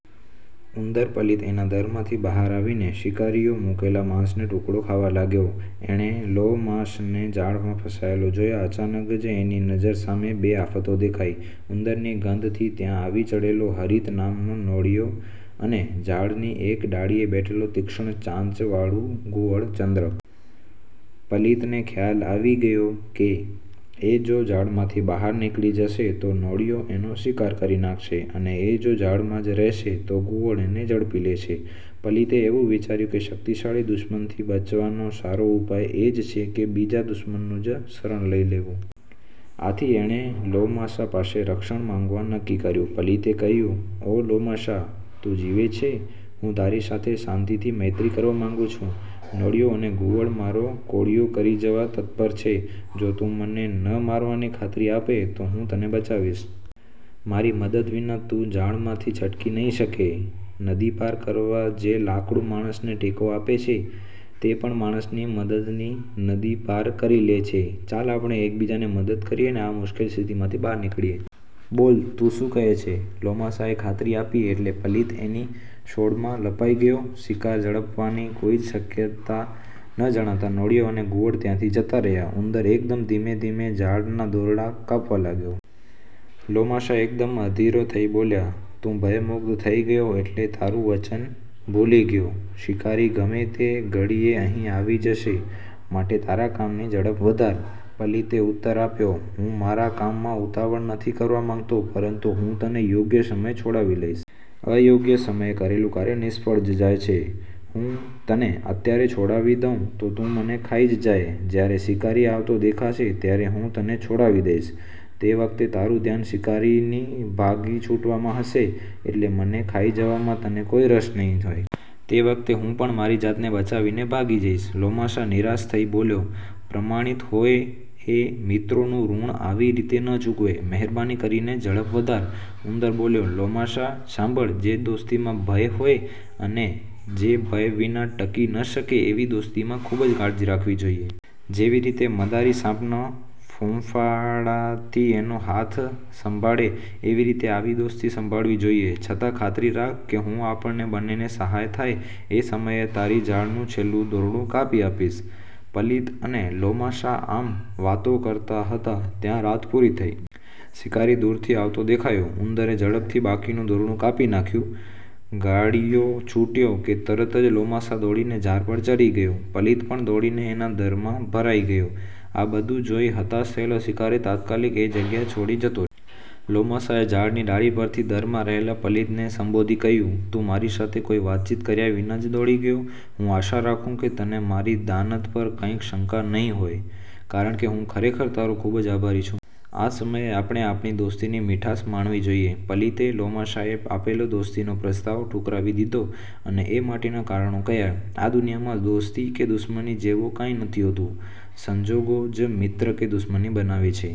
ઉંદર પલિત એના દરમાંથી બહાર આવીને શિકારીએ મુકેલો માંસનો ટુકડો ખાવા લાગ્યો. એણે લોમાસાને। જાળમાં ફસાયેલો જોયો. અચાનક જ એની નજર સામે બે આફતો દેખાઈ. ઉંદરની ગંધથી ત્યાં આવી ચઢેલો હરિત નામનો નોળિયો અને ઝાડની એક ડાળીએ બેઠેલું તીક્ષ્ણ ચાંચ વાળું ઘુવડ ચંદ્રક. પલિતને ખ્યાલ આવી ગયો કે એ જો જાળમાંથી બહાર નીકળી જશે તો નોળિયો એનો શિકાર કરી નાંખશે અને એ જો જાળમાં જ રહેશે તો ઘુવડ એને ઝડપી લેશે. પલિતે એવું વિચાર્યું કે શક્તિશાળી દુશ્મનથી બચવાનો સારો ઉપાય એ જ છે કે બીજા દુશ્મનનું જ શરણ લઇ લેવું. આથી એણે લોમાસા પાસે રક્ષણ માંગવા નક્કી કર્યું. પલિતે કહ્યું, "ઓ લોમાસા, તું જીવે છે? હું તારી સાથે શાંતિની મૈત્રી કરવા માંગું છું. નોળિયો અને ઘુવડ મારો કોળીયો કરી જવા તત્પર છે. જો તું મને ન મારવાની ખાતરી આપે તો હું તને બચાવીશ. મારી મદદ વિના તું જાળમાંથી છટકી નહીં શકે. નદી પાર કરવા જે લાકડું માણસને ટેકો આપે છે તે પણ માણસની મદદથી નદી પાર કરી લે છે. ચાલ, આપણે એક બીજાને મદદ કરીને આ મુશ્કેલ સ્થિતિમાંથી બહાર નીકળીએ. બોલ, તું શું કહે છે? " લોમાસાએ ખાતરી આપી એટલે પલિત એની સોડમાં લપાઈ ગયો. શિકાર ઝડપવાની કોઈ જ શક્યતા ન જણાતાં નોળિયો અને ઘુવડ ત્યાંથી જતા રહ્યા. ઉંદર એકદમ ધીમે ધીમે જાળના દોરડા કાપવા લાગ્યો. લોમાસા એકદમ અધીરો થઇ બોલ્યો. "તું ભયમુક્ત થઇ ગયો એટલે તારું વચન ભૂલી ગયો? શિકારી ગમે તે ઘડીએ અહીં આવી જશે માટે તારા કામની ઝડપ વધાર". પલિતે ઉત્તર આપ્યો,"હું મારા કામમાં ઉતાવળ નથી કરવા માંગતો પરંતુ હું તને યોગ્ય સમયે છોડાવી દઈશ. અયોગ્ય સમયે કરેલું કાર્ય નિષ્ફળ જ જાય છે. હું તને અત્યારે છોડાવી દઉં તો તું મને ખાઈ જ જાય. જયારે શિકારી આવતો દેખાશે ત્યારે હું તને છોડાવી દઈશ. તે વખતે તારું ધ્યાન શિકારીથી ભાગી છૂટવામાં હશે એટલે મને ખાઈ જવામાં તને કોઈ રસ નહીં હોય. તે વખતે હું પણ મારી જાતને બચાવીને ભાગી જઈશ". લોમાસા નિરાશ થઇ બોલ્યો, "પ્રમાણિક હોય એ મિત્રોનું ઋણ આવી રીતે ન ચૂકવે. મહેરબાની કરીને ઝડપ વધાર". ઉંદર બોલ્યો, "લોમાસા, સાંભળ. જે દોસ્તીમાં ભય હોય અને જે ભય વિના ટકી ન શકે એવી દોસ્તીમાં ખુબ જ કાળજી રાખવી જોઈએ. જેવી રીતે મદારી સાપના ફૂંફાડાથી એનો હાથ સંભાળે એવી રીતે આવી દોસ્તી સંભળાવી જોઈએ. છતાં ખાતરી રાખ કે હું આપણને બંનેને સહાય થાય એ સમયે તારી જાળનું છેલ્લું દોરડું કાપી આપીશ". પલિત અને લોમાસા આમ વાતો કરતા હતા ત્યાં રાત પૂરી થઇ. શિકારી દુરથી આવતો દેખાયો. ઉંદરે ઝડપથી બાકીનું દોરડો કાપી નાંખ્યું. ગાળિયો છૂટ્યો કે તરત જ લોમાસા દોડીને ઝાડ પર ચઢી ગયો. પલિત પણ દોડીને એના દરમાં ભરાઈ ગયો. આ બધું જોઈ હતાશ થયેલો શિકારી તાત્કાલિક એ જગ્યા છોડી જતો રહ્યો. લોમાસાએ ઝાડની ડાળી પરથી દરમાં રહેલા પલિતને સંબોધી કહ્યું, "તું મારી સાથે કોઈ વાતચીત કર્યા વિના જ દોડી ગયો. હું આશા રાખું કે તને મારી દાનત પર કોઈ શંકા નહીં હોય કારણકે હું ખરેખર તારો ખુબ જ આભારી છું. આ સમયે આપણે આપણી દોસ્તીની મીઠાશ માણવી જોઈએ". પલિતે લોમાસાએ આપેલો દોસ્તીનો પ્રસ્તાવ ઠુકરાવી દીધો અને એ માટેના કારણો કહ્યા. આ દુનિયામાં દોસ્તી કે દુશ્મની જેવું કાંઈ નથી હોતું. સંજોગો જ મિત્ર કે દુશ્મન બનાવે છે.